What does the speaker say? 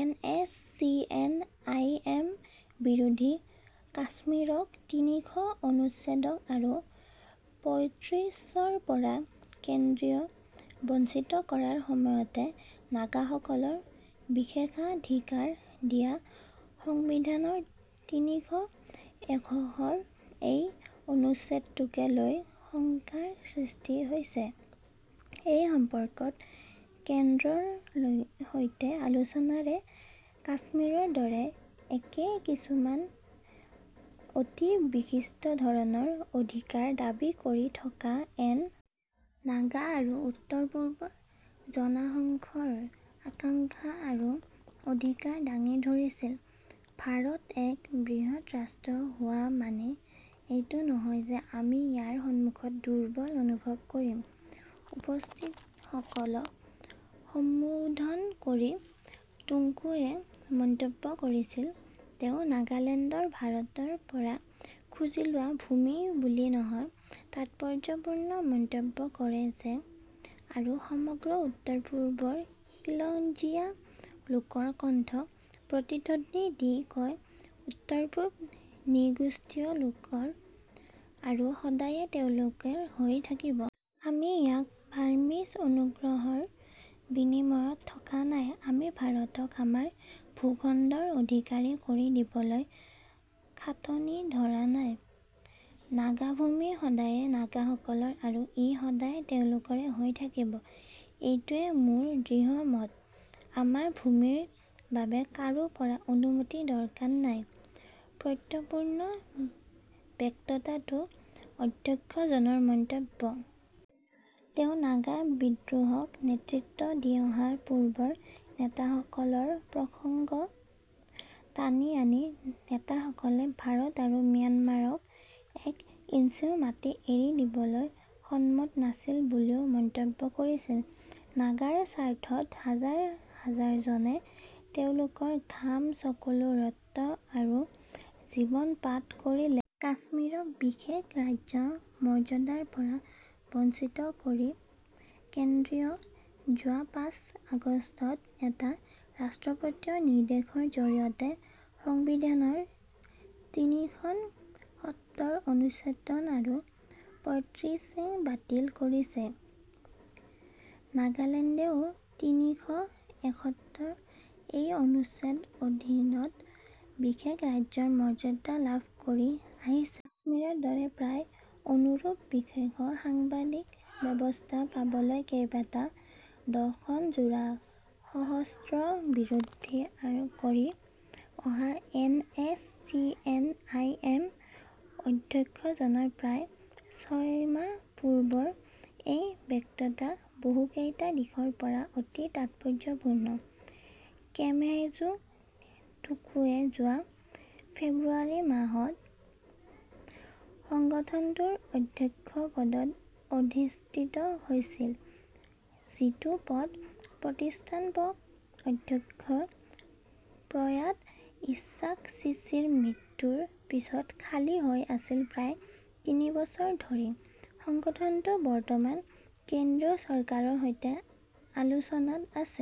N. S. C. N. I. M. বিদ্ৰোহী কাশ্মীৰক তিনিশ অনুচ্ছেদ আৰু পঁইত্ৰিছ ৰ পৰা কেন্দ্ৰই বঞ্চিত কৰাৰ সময়তে নাগাসকলক বিশেষাধিকাৰ দিয়া সংবিধানৰ তিনিশ এসত্তৰ এ অনুচ্ছেদটোক লৈয়ো শংকাৰ সৃষ্টি হৈছে। এই সম্পৰ্কত কেন্দ্ৰৰ সৈতে আলোচনাৰে কাশ্মীৰৰ দৰে একেই কিছুমান অতি বিশিষ্ট ধৰণৰ অধিকাৰ দাবী কৰি থকা এন. নাগা আৰু উত্তৰ-পূবৰ জনাংশৰ আকাংক্ষা আৰু অধিকাৰ দাঙি ধৰিছিল। ভাৰত এক বৃহত ৰাষ্ট্ৰ হোৱা মানেই এইটো নহয় যে আমি ইয়াৰ সন্মুখত দুৰ্বল অনুভৱ কৰিম, উপস্থিতসকলক সম্বোধন কৰি টুক্কুৱে মন্তব্য কৰিছিল। তেওঁ নাগালেণ্ডক ভাৰতৰ পৰা খুজি লোৱা ভূমি নহয় বুলি তাৎপৰ্য্যপূৰ্ণ মন্তব্য কৰে আৰু সমগ্ৰ উত্তৰ-পূবৰ খিলঞ্জীয়া লোকৰ কণ্ঠক প্ৰতিধ্বনি দি কয়, উত্তৰ-পূব নৃগোষ্ঠীয় লোকৰ আৰু সদায়ে তেওঁলোকৰে হৈ থাকিব। আমি ইয়াত বাৰ্মিজ অনুগ্ৰহৰ বিনিময়ত থকা নাই। আমি ভাৰতক আমাৰ ভূ-খণ্ডৰ অধিকাৰী কৰি দিবলৈ খাটনি ধৰা নাই। নাগাভূমি সদায়ে নাগাসকলৰ আৰু ই সদায়ে তেওঁলোকৰে হৈ থাকিব। এইটোৱে মোৰ দৃঢ় মত। আমাৰ ভূমিৰ বাবে কাৰো পৰা অনুমতিৰ দৰকাৰ নাই, প্ৰত্যয়পূৰ্ণ বক্তৃতাটোত অধ্যক্ষজনৰ মন্তব্য। তেওঁ নাগা বিদ্ৰোহক নেতৃত্ব দি অহা পূৰ্বৰ নেতাসকলৰ প্ৰসংগ টানি আনি নেতাসকলে ভাৰত আৰু ম্যানমাৰক এক ইঞ্চিও মাটি এৰি দিবলৈ সন্মত নাছিল বুলিও মন্তব্য কৰিছিল। নাগাৰ স্বাৰ্থত হাজাৰ হাজাৰজনে তেওঁলোকৰ ঘাম, চকুলো, ৰক্ত আৰু জীৱন পাত কৰিলে। কাশ্মীৰক বিশেষ ৰাজ্যৰ মৰ্য্যাদাৰ পৰা বঞ্চিত কৰি কেন্দ্ৰই যোৱা পাঁচ আগষ্টত এটা ৰাষ্ট্ৰপতীয় নিৰ্দেশৰ জৰিয়তে সংবিধানৰ তিনিশ সত্তৰ অনুচ্ছেদ আৰু পঁইত্ৰিছ এ বাতিল কৰিছে। নাগালেণ্ডেও তিনিশ এসত্তৰ এ অনুচ্ছেদৰ অধীনত বিশেষ ৰাজ্যৰ মৰ্য্যাদা লাভ কৰি আহিছে। কাশ্মীৰৰ দৰে প্ৰায় অনুৰূপ বিশেষ সাংবিধানিক ব্যৱস্থা পাবলৈ কেইবা দশকজোৰা সশস্ত্ৰ বিদ্ৰোহ কৰি অহা N. S. C. N. I. M. অধ্যক্ষজনৰ প্ৰায় ছমাহ পূৰ্বৰ এই বক্তৃতা বহুকেইটা দিশৰ পৰা অতি তাৎপৰ্য্যপূৰ্ণ। কেহেজু টুক্কুৱে যোৱা ফেব্ৰুৱাৰি মাহত সংগঠনটোৰ অধ্যক্ষ পদত অধিষ্ঠিত হৈছিল যিটো পদ প্ৰতিষ্ঠাপক অধ্যক্ষ প্ৰয়াত ইশ্বাক চিচিৰ মৃত্যুৰ পিছত খালী হৈ আছিল প্ৰায় তিনি বছৰ ধৰি। সংগঠনটো বৰ্তমান কেন্দ্ৰীয় চৰকাৰৰ সৈতে আলোচনাত আছে।